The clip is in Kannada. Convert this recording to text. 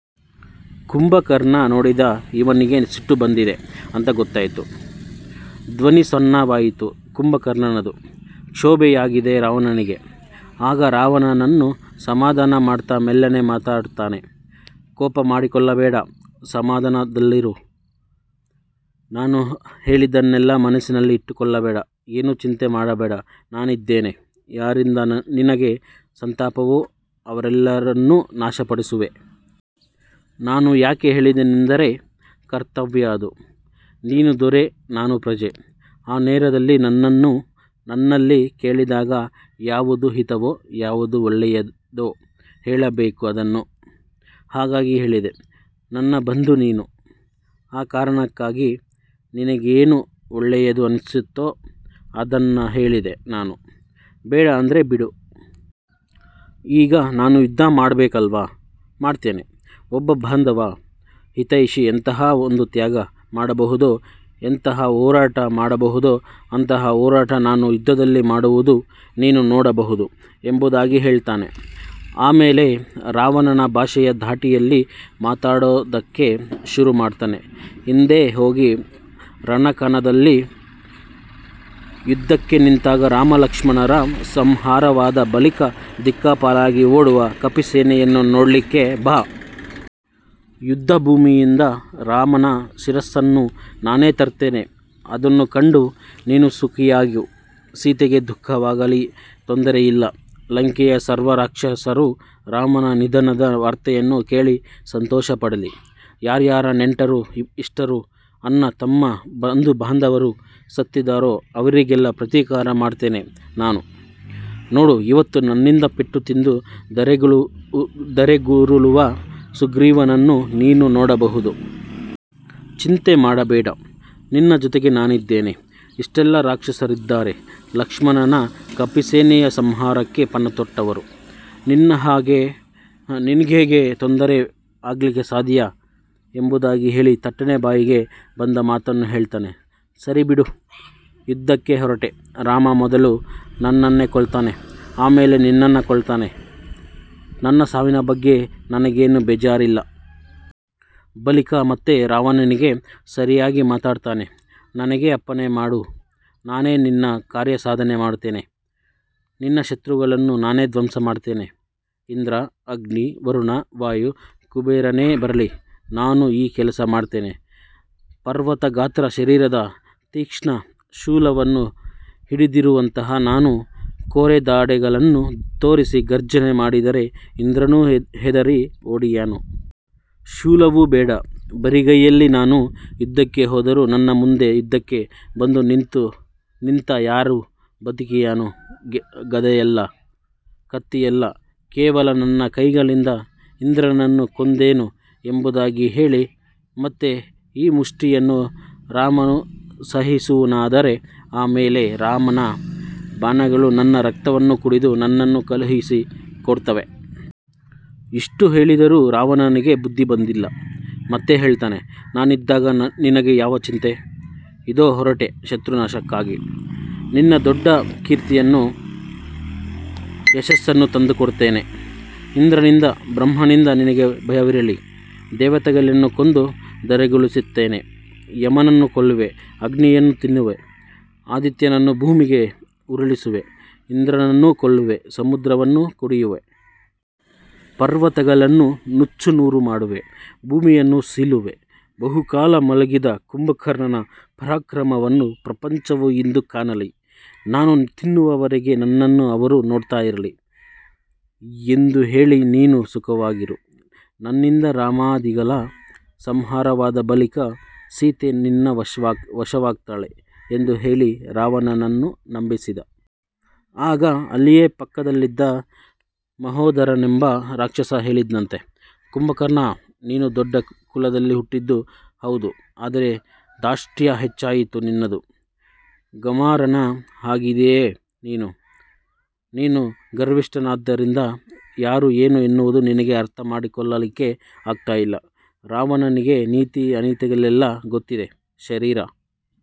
ಕುಂಭಕರ್ಣ ನೋಡಿದ ಇವನಿಗೆ ಸಿಟ್ಟು ಬಂದಿದೆ ಅಂತ ಗೊತ್ತಾಯ್ತು. ಧ್ವನಿ ಸಣ್ಣವಾಯಿತು ಕುಂಭಕರ್ಣನದು. ಕ್ಷೋಭೆಯಾಗಿದೆ ರಾವಣನಿಗೆ. ಆಗ ರಾವಣನನ್ನು ಸಮಾಧಾನ ಮಾಡ್ತಾ ಮೆಲ್ಲನೆ ಮಾತಾಡ್ತಾನೆ. ಕೋಪ ಮಾಡಿಕೊಳ್ಳಬೇಡ. ಸಮಾಧಾನದಲ್ಲಿರು. ನಾನು ಹೇಳಿದ್ದನ್ನೆಲ್ಲ ಮನಸ್ಸಿನಲ್ಲಿ ಇಟ್ಟುಕೊಳ್ಳಬೇಡ. ಏನೂ ಚಿಂತೆ ಮಾಡಬೇಡ. ನಾನಿದ್ದೇನೆ. ಯಾರಿಂದ ನಿನಗೆ ಸಂತಾಪವೋ ಅವರೆಲ್ಲರನ್ನೂ ನಾಶಪಡಿಸುವೆ. ನಾನು ಯಾಕೆ ಹೇಳಿದೆನೆಂದರೆ ಕರ್ತವ್ಯ ಅದು. ನೀನು ದೊರೆ ನಾನು ಪ್ರಜೆ. ಆ ನೇರದಲ್ಲಿ ನನ್ನಲ್ಲಿ ಕೇಳಿದಾಗ ಯಾವುದು ಹಿತವೋ, ಯಾವುದು ಒಳ್ಳೆಯದೋ ಹೇಳಬೇಕು ಅದನ್ನು. ಹಾಗಾಗಿ ಹೇಳಿದೆ. ನನ್ನ ಬಂಧು ನೀನು. ಆ ಕಾರಣಕ್ಕಾಗಿ ನಿನಗೇನು ಒಳ್ಳೆಯದು ಅನ್ನಿಸ್ತೋ ಅದನ್ನ ಹೇಳಿದೆ ನಾನು. ಬೇಡ ಅಂದ್ರೆ ಬಿಡು. ಈಗ ನಾನು ಯುದ್ಧ ಮಾಡ್ಬೇಕಲ್ವಾ ಮಾಡ್ತೇನೆ. ಒಬ್ಬ ಬಾಂಧವ, ಹಿತೈಷಿ ಎಂತಹಾ ಒಂದು ತ್ಯಾಗ ಮಾಡಬಹುದೋ, ಎಂತಹ ಹೋರಾಟ ಮಾಡಬಹುದೋ ಅಂತಹ ಹೋರಾಟ ನಾನು ಯುದ್ಧದಲ್ಲಿ ಮಾಡುವುದು ನೀನು ನೋಡಬಹುದು ಎಂಬುದಾಗಿ ಹೇಳ್ತಾನೆ. ಆಮೇಲೆ ರಾವಣನ ಭಾಷೆಯ ಧಾಟಿಯಲ್ಲಿ ಮಾತಾಡೋದಕ್ಕೆ ಶುರು ಮಾಡ್ತಾನೆ. ಇಂದೇ ಹೋಗಿ ರಣಕಣದಲ್ಲಿ ಯುದ್ಧಕ್ಕೆ ನಿಂತಾಗ ರಾಮ-ಲಕ್ಷ್ಮಣರ ಸಂಹಾರವಾದ ಬಳಿಕ ದಿಕ್ಕಾಪಾಲಾಗಿ ಓಡುವ ಕಪಿಸೇನೆಯನ್ನು ನೋಡ್ಲಿಕ್ಕೆ ಬಾ. ಯುದ್ಧಭೂಮಿಯಿಂದ ರಾಮನ ಶಿರಸ್ಸನ್ನು ನಾನೇ ತರ್ತೇನೆ. ಅದನ್ನು ಕಂಡು ನೀನು ಸುಖಿಯಾಗು. ಸೀತೆಗೆ ದುಃಖವಾಗಲಿ ತೊಂದರೆಯಿಲ್ಲ. ಲಂಕೆಯ ಸರ್ವರಾಕ್ಷಸರು ರಾಮನ ನಿಧನದ ವಾರ್ತೆಯನ್ನು ಕೇಳಿ ಸಂತೋಷಪಡಲಿ. ಯಾರ್ಯಾರ ನೆಂಟರು, ಇಷ್ಟರು, ಅಣ್ಣ, ತಮ್ಮ, ಬಂಧು-ಬಾಂಧವರು ಸತ್ತಿದಾರೋ ಅವರಿಗೆಲ್ಲ ಪ್ರತೀಕಾರ ಮಾಡ್ತೇನೆ ನಾನು. ನೋಡು ಇವತ್ತು ನನ್ನಿಂದ ಪೆಟ್ಟು ತಿಂದು ಧರೆಗುರುಳುವ ಸುಗ್ರೀವನನ್ನು ನೀನು ನೋಡಬಹುದು. ಚಿಂತೆ ಮಾಡಬೇಡ. ನಿನ್ನ ಜೊತೆಗೆ ನಾನಿದ್ದೇನೆ. ಇಷ್ಟೆಲ್ಲ ರಾಕ್ಷಸರಿದ್ದಾರೆ. ಲಕ್ಷ್ಮಣನ, ಕಪಿಸೇನೆಯ ಸಂಹಾರಕ್ಕೆ ಪಣತೊಟ್ಟವರು. ನಿನಗ್ಹೇಗೆ ತೊಂದರೆ ಆಗ್ಲಿಕ್ಕೆ ಸಾಧ್ಯ ಎಂಬುದಾಗಿ ಹೇಳಿ ತಟ್ಟನೆ ಬಾಯಿಗೆ ಬಂದ ಮಾತನ್ನ ಹೇಳ್ತಾನೆ. ಸರಿಬಿಡು. ಯುದ್ಧಕ್ಕೆ ಹೊರಟೆ, ರಾಮ ಮೊದಲು ನನ್ನನ್ನ ಕೊಲ್ತಾನೆ. ಆಮೇಲೆ ನಿನ್ನನ್ನ ಕೊಲ್ತಾನೆ. ನನ್ನ ಸಾವಿನ ಬಗ್ಗೆ ನನಗೇನು ಬೇಜಾರಿಲ್ಲ. ಬಳಿಕ ಮತ್ತೆ ರಾವಣನಿಗೆ ಸರಿಯಾಗಿ ಮಾತಾಡ್ತಾನೆ. ನನಗೇ ಅಪ್ಪಣೆ ಮಾಡು. ನಾನೇ ನಿನ್ನ ಕಾರ್ಯಸಾಧನೆ ಮಾಡ್ತೇನೆ. ನಿನ್ನ ಶತ್ರುಗಳನ್ನು ನಾನೇ ಧ್ವಂಸ ಮಾಡ್ತೇನೆ. ಇಂದ್ರ, ಅಗ್ನಿ, ವರುಣ, ವಾಯು, ಕುಬೇರನೇ ಬರಲಿ ನಾನು ಈ ಕೆಲಸ ಮಾಡ್ತೇನೆ. ಪರ್ವತ ಗಾತ್ರ ಶರೀರದ, ತೀಕ್ಷ್ಣ ಶೂಲವನ್ನು ಹಿಡಿದಿರುವಂತಹ ನಾನು ಕೋರೆದಾಡೆಗಳನ್ನ ತೋರಿಸಿ ಘರ್ಜನೆ ಮಾಡಿದರೆ ಇಂದ್ರನೂ ಹೆದರಿ ಓಡಿಯಾನು. ಶೂಲವೂ ಬೇಡ. ಬರಿಗೈಯಲ್ಲಿ ನಾನು ಯುದ್ಧಕ್ಕೆ ಹೋದರು ನನ್ನ ಮುಂದೆ ಯುದ್ಧಕ್ಕೆ ಬಂದು ನಿಂತ ಯಾರು ಬದುಕಿಯಾನು ಗದೆಯಲ್ಲ, ಕತ್ತಿಯಲ್ಲ, ಕೇವಲ ನನ್ನ ಕೈಗಳಿಂದ ಇಂದ್ರನನ್ನು ಕೊಂದೇನು ಎಂಬುದಾಗಿ ಹೇಳಿ, ಮತ್ತೆ ಈ ಮುಷ್ಠಿಯನ್ನು ರಾಮನು ಸಹಿಸುವನಾದರೆ ಆಮೇಲೆ ರಾಮನ ಬಾಣಗಳು ನನ್ನ ರಕ್ತವನ್ನು ಕುಡಿದು ನನ್ನನ್ನು ಕಳುಹಿಸಿ ಕೊಡ್ತವೆ. ಇಷ್ಟು ಹೇಳಿದರೂ ರಾವಣನಿಗೆ ಬುದ್ಧಿ ಬಂದಿಲ್ಲ. ಮತ್ತೆ ಹೇಳ್ತಾನೆ. ನಾನಿದ್ದಾಗ ನಿನಗೆ ಯಾವ ಚಿಂತೆ? ಇದೋ ಹೊರಟೆ ಶತ್ರು ನಾಶಕ್ಕಾಗಿ. ನಿನಗೆ ದೊಡ್ಡ ಕೀರ್ತಿಯನ್ನು, ಯಶಸ್ಸನ್ನು ತಂದುಕೊಡ್ತೇನೆ. ಇಂದ್ರನಿಂದ, ಬ್ರಹ್ಮನಿಂದ ನಿನಗೆ ಭಯವಿರಲಿ, ದೇವತೆಗಳನ್ನು ಕೊಂದು ಧರೆಗುರುಳಿಸ್ತೇನೆ. ಯಮನನ್ನು ಕೊಲ್ಲುವೆ, ಅಗ್ನಿಯನ್ನು ತಿನ್ನುವೆ, ಆದಿತ್ಯನನ್ನು ಭೂಮಿಗೆ ಉರುಳಿಸುವೆ, ಇಂದ್ರನನ್ನೂ ಕೊಲ್ಲುವೆ, ಸಮುದ್ರವನ್ನು ಕುಡಿಯುವೆ. ಪರ್ವತಗಳನ್ನು ನುಚ್ಚುನೂರು ಮಾಡುವೆ, ಭೂಮಿಯನ್ನು ಸೀಳುವೆ. ಬಹುಕಾಲ ಮಲಗಿದ ಕುಂಭಕರ್ಣನ ಪರಾಕ್ರಮವನ್ನು ಪ್ರಪಂಚವು ಇಂದು ಕಾಣಲಿ. ನಾನು ತಿನ್ನುವವರೆಗೆ ನನ್ನನ್ನು ಅವರು ನೋಡ್ತಾ ಇರಲಿ. ಎಂದು ಹೇಳಿ ನೀನು ಸುಖವಾಗಿರು. ನನ್ನಿಂದ ರಾಮಾದಿಗಳ ಸಂಹಾರವಾದ ಬಳಿಕ ಸೀತೆ ನಿನ್ನ ವಶವಾಗ್ತಾಳೆ ಎಂದು ಹೇಳಿ ರಾವಣನನ್ನು ನಂಬಿಸಿದ. ಆಗ ಅಲ್ಲಿಯೇ ಪಕ್ಕದಲ್ಲಿದ್ದ ಮಹೋದರನೆಂಬ ರಾಕ್ಷಸ ಹೇಳಿದ್ನಂತೆ. ಕುಂಭಕರ್ಣ ನೀನು ದೊಡ್ಡ ಕುಲದಲ್ಲಿ ಹುಟ್ಟಿದ್ದು ಹೌದು ಆದರೆ ದಾಷ್ಟ್ಯ ಹೆಚ್ಚಾಯಿತು ನಿನ್ನದು. ಗಮಾರನ ಹಾಗಿದೀಯೆ ನೀನು. ನೀನು ಗರ್ವಿಷ್ಟನಾದ್ದರಿಂದ ಯಾರು ಏನು ಎನ್ನುವುದನ್ನು ನಿನಗೆ ಅರ್ಥ ಮಾಡಿಕೊಳ್ಳಲಿಕ್ಕೆ ಆಗ್ತಾಯಿಲ್ಲ. ರಾವಣನಿಗೆ ನೀತಿ ಅನೀತಿಗಳೆಲ್ಲ ಗೊತ್ತಿದೆ. ಶರೀರ